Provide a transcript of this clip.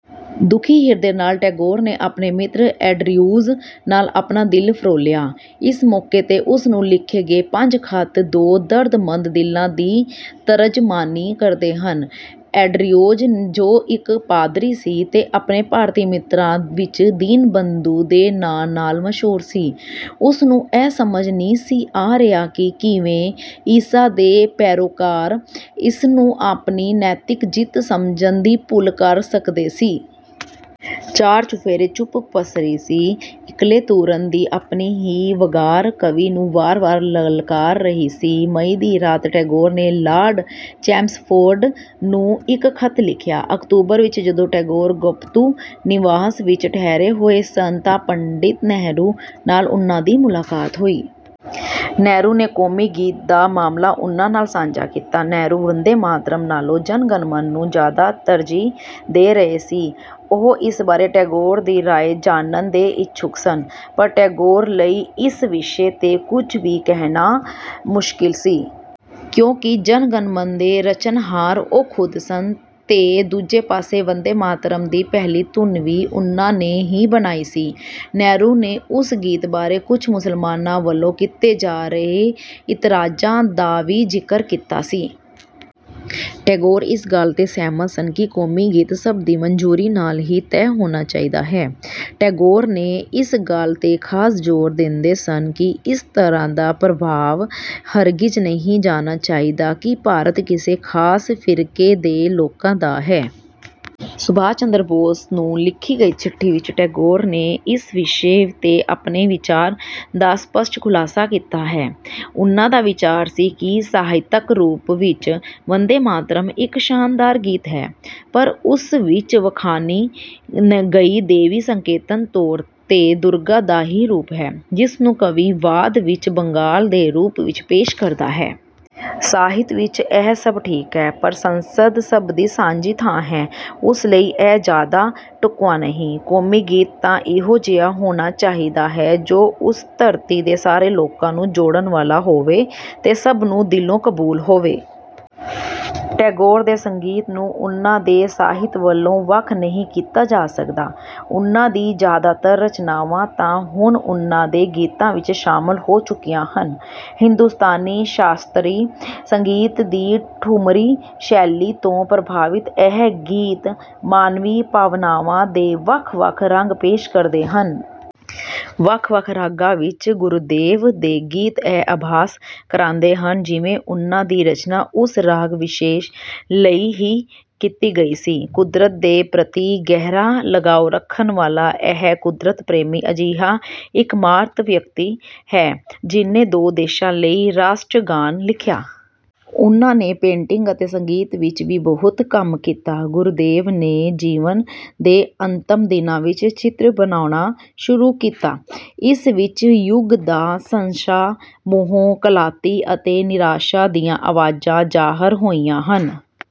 ਦੁਖੀ ਹਿਰਦੇ ਨਾਲ ਟੈਗੋਰ ਨੇ ਆਪਣੇ ਮਿੱਤਰ ਐਂਡਰਿਉਜ਼ ਨਾਲ ਆਪਣਾ ਦਿਲ ਫ਼ਰੋਲਿਆ। ਇਸ ਮੌਕੇ 'ਤੇ ਉਸਨੂੰ ਲਿਖੇ ਗਏ ਪੰਜ ਖਤ ਦੋ ਦਰਦਮੰਦ ਦਿਲਾਂ ਦੀ ਤਰਜ਼ਮਾਨੀ ਕਰਦੇ ਹਨ। ਐਂਡਰਿਉਜ਼ ਜੋ ਇੱਕ ਪਾਦਰੀ ਸੀ, ਤੇ ਆਪਣੇ ਭਾਰਤੀ ਮਿੱਤਰਾਂ ਵਿੱਚ ਦੀਨਬੰਧੂ ਦੇ ਨਾਂ ਨਾਲ ਮਸ਼ਹੂਰ ਸੀ, ਉਸਨੂੰ ਇਹ ਸਮਝ ਨਹੀਂ ਸੀ ਆ ਰਿਹਾ ਕਿ ਕਿਵੇਂ "ਈਸਾ ਦੇ ਪੈਰੋਕਾਰ" ਇਸਨੂੰ ਆਪਣੀ ਨੈਤਿਕ ਜਿੱਤ ਸਮਝਣ ਦੀ ਭੁੱਲ ਕਰ ਸਕਦੇ ਸੀ। ਚਾਰ-ਚੁਫ਼ੇਰੇ ਚੁੱਪ ਪਸਰੀ ਸੀ, ਇਕੱਲੇ ਤੁਰਣ ਦੀ ਆਪਣੀ ਹੀ ਵੰਗਾਰ ਕਵੀ ਨੂੰ ਵਾਰ-ਵਾਰ ਲਲਕਾਰ ਰਹੀ ਸੀ। ਮਈ ਦੀ ਰਾਤ ਟੈਗੋਰ ਨੇ ਲਾਰਡ ਚੈਮਸਫ਼ੋਰਡ ਨੂੰ ਇੱਕ ਖਤ ਲਿਖਿਆ। ਅਕਤੂਬਰ ਵਿੱਚ ਜਦੋਂ ਟੈਗੋਰ ਗੋਪਤੂ ਨਿਵਾਸ ਵਿੱਚ ਠਹਿਰੇ ਹੋਏ ਸਨ ਤਾਂ ਪੰਡਿਤ ਨਹਿਰੂ ਨਾਲ ਉਨ੍ਹਾ ਦੀ ਮੁਲਾਕਾਤ ਹੋਈ। ਨਹਿਰੂ ਨੇ ਕੌਮੀ ਗੀਤ ਦਾ ਮਾਮਲਾ ਉਨ੍ਹਾ ਨਾਲ ਸਾਂਝਾ ਕੀਤਾ। ਨਹਿਰੂ ਬੰਦੇ-ਮਾਤਰਮ ਨਾਲੋਂ ਜਨ-ਗਣ-ਮਨ ਨੂੰ ਜ਼ਿਆਦਾ ਤਰਜ਼ੀਹ ਦੇ ਰਹੇ ਸੀ, ਉਹ ਇਸ ਬਾਰੇ ਟੈਗੋਰ ਦੀ ਰਾਇ ਜਾਣਨ ਦੇ ਇਛੁਕ ਸਨ। ਪਰ ਟੈਗੋਰ ਲਈ ਇਸ ਵਿਸ਼ੇ 'ਤੇ ਕੁਝ ਵੀ ਕਹਿਣਾ ਮੁਸ਼ਕਿਲ ਸੀ। ਕਿਉਂਕਿ ਜਨ-ਗਣ-ਮਨ ਦੇ ਰਚਣਹਾਰ ਉਹ ਖੁਦ ਸਨ ਤੇ ਦੂਜੇ ਪਾਸੇ ਬੰਦੇ-ਮਾਤਰਮ ਦੀ ਪਹਿਲੀ ਧੁਨ ਵੀ ਉਨ੍ਹਾ ਨੇ ਹੀ ਬਣਾਈ ਸੀ। ਨਹਿਰੂ ਨੇ ਉਸ ਗੀਤ ਬਾਰੇ ਕੁਝ ਮੁਸਲਮਾਨਾਂ ਵੱਲੋਂ ਕੀਤੇ ਜਾ ਰਹੇ ਇਤਰਾਜ਼ਾਂ ਦਾ ਵੀ ਜ਼ਿਕਰ ਕੀਤਾ ਸੀ। ਟੈਗੋਰ ਇਸ ਗੱਲ 'ਤੇ ਸਹਿਮਤ ਸਨ ਕਿ ਕੌਮੀ ਗੀਤ ਸਭ ਦੀ ਮੰਜ਼ੂਰੀ ਨਾਲ ਹੀ ਤਹਿ ਹੋਣਾ ਚਾਹੀਦਾ ਹੈ। ਟੈਗੋਰ ਨੇ ਇਸ ਗੱਲ 'ਤੇ ਖਾਸ ਜ਼ੋਰ ਦਿੰਦੇ ਸਨ ਕਿ ਇਸ ਤਰ੍ਹਾਂ ਦਾ ਪ੍ਰਭਾਵ ਹਰਗਿਜ਼ ਨਹੀਂ ਜਾਣਾ ਚਾਹੀਦਾ ਕਿ ਭਾਰਤ ਕਿਸੇ ਖਾਸ ਫ਼ਿਰਕੇ ਦੇ ਲੋਕਾਂ ਦਾ ਹੈ। ਸੁਭਾਸ਼ ਚੰਦਰ ਬੋਸ ਨੂੰ ਲਿਖੀ ਚਿੱਠੀ ਵਿੱਚ ਟੈਗੋਰ ਨੇ ਇਸ ਵਿਸ਼ੇ 'ਤੇ ਆਪਣੇ ਵਿਚਾਰਾਂ ਦਾ ਸਪਸ਼ਟ ਖੁਲਾਸਾ ਕੀਤਾ ਹੈ। ਉਨ੍ਹਾ ਦਾ ਵਿਚਾਰ ਸੀ ਕਿ ਸਾਹਿਤਕ ਰੂਪ ਵਿੱਚ ਬੰਦੇ-ਮਾਤਰਮ ਇੱਕ ਸ਼ਾਨਦਾਰ ਗੀਤ ਹੈ ਪਰ ਉਸ ਵਿੱਚ ਬਖਾਨੀ ਗਈ ਦੇਵੀ ਸੰਕੇਤਕ ਤੌਰ 'ਤੇ ਦੁਰਗਾ ਦਾ ਹੀ ਰੂਪ ਹੈ, ਜਿਸਨੂੰ ਕਵੀ ਬਾਦ ਵਿੱਚ ਬੰਗਾਲ ਦੇ ਰੂਪ ਵਿੱਚ ਪੇਸ਼ ਕਰਦਾ ਹੈ। ਸਾਹਿਤ ਵਿੱਚ ਇਹ ਸਭ ਠੀਕ ਹੈ ਪਰ ਸੰਸਦ ਸਭ ਦੀ ਸਾਂਝੀ ਥਾਂ ਹੈ ਉਸ ਲਈ ਇਹ ਜ਼ਿਆਦਾ ਢੁਕਵਾਂ ਨਹੀਂ। ਕੌਮੀ ਗੀਤ ਤਾਂ ਇਹੋ ਜਿਹਾ ਹੋਣਾ ਚਾਹੀਦਾ ਹੈ ਜੋ ਉਸ ਧਰਤੀ ਦੇ ਸਾਰੇ ਲੋਕਾਂ ਨੂੰ ਜੋੜਨ ਵਾਲਾ ਹੋਵੇ ਤੇ ਸਭ ਨੂੰ ਦਿਲੋਂ ਕਬੂਲ ਹੋਵੇ। ਟੈਗੋਰ ਦੇ ਸੰਗੀਤ ਨੂੰ ਉਨ੍ਹਾਂ ਦੇ ਸਾਹਿਤ ਵਲੋਂ ਵੱਖ ਨਹੀਂ ਕੀਤਾ ਜਾ ਸਕਦਾ। ਉਨ੍ਹਾਂ ਦੀ ਜਿਆਦਾਤਰ ਰਚਨਾਵਾਂ ਤਾਂ ਹੁਣ ਉਨ੍ਹਾਂ ਦੇ ਗੀਤਾਂ ਵਿੱਚ ਸ਼ਾਮਿਲ ਹੋ ਚੁੱਕੀਆਂ ਹਨ। ਹਿੰਦੁਸਤਾਨੀ ਸ਼ਾਸਤਰੀ ਸੰਗੀਤ ਦੀ ਠੁਮਰੀ ਸ਼ੈਲੀ ਤੋਂ ਪ੍ਰਭਾਵਿਤ ਇਹ ਗੀਤ ਮਾਨਵੀ ਭਾਵਨਾਵਾਂ ਦੇ ਵੱਖ-ਵੱਖ ਰੰਗ ਪੇਸ਼ ਕਰਦੇ ਹਨ। ਵੱਖ-ਵੱਖ ਰਾਗਾਂ ਵਿੱਚ ਗੁਰੁਦੇਵ ਦੇ ਗੀਤ ਇਹ ਆਭਾਸ ਕਰਾਂਦੇ ਹਨ ਜਿਵੇਂ ਉਨ੍ਹਾਂ ਦੀ ਰਚਨਾ ਉਸ ਰਾਗ ਵਿਸ਼ੇਸ਼ ਲਈ ਹੀ ਕੀਤੀ ਗਈ ਸੀ। ਕੁਦਰਤ ਦੇ ਪ੍ਰਤੀ ਗਹਿਰਾ ਲਗਾਉ ਰੱਖਣ ਵਾਲਾ ਇਹ ਕੁਦਰਤ ਪ੍ਰੇਮੀ ਅਜਿਹਾ ਇੱਕਮਾਤਰ ਵਿਅਕਤੀ ਹੈ ਜਿਨ੍ਹੇ ਦੋ ਦੇਸ਼ਾਂ ਲਈ ਰਾਸ਼ਟਰਗਾਨ ਲਿਖਿਆ। ਉਹਨਾਂ ਨੇ ਪੈਂਟਿੰਗ ਅਤੇ ਸੰਗੀਤ ਵਿੱਚ ਵੀ ਬਹੁਤ ਕੰਮ ਕੀਤਾ। ਗੁਰੁਦੇਵ ਨੇ ਜੀਵਨ ਦੇ ਅੰਤਮ ਦਿਨਾਂ ਵਿੱਚ ਚਿੱਤਰ ਬਣਾਉਣਾ ਸ਼ੁਰੂ ਕੀਤਾ। ਇਸ ਵਿੱਚ ਯੁੱਗ ਦਾ ਸੰਸ਼ਾ, ਮੋਹ, ਕਲਾਂਤੀ ਅਤੇ ਨਿਰਾਸ਼ਾ ਦੀਆਂ ਆਵਾਜਾਂ ਜ਼ਾਹਰ ਹੋਈਆਂ ਹਨ।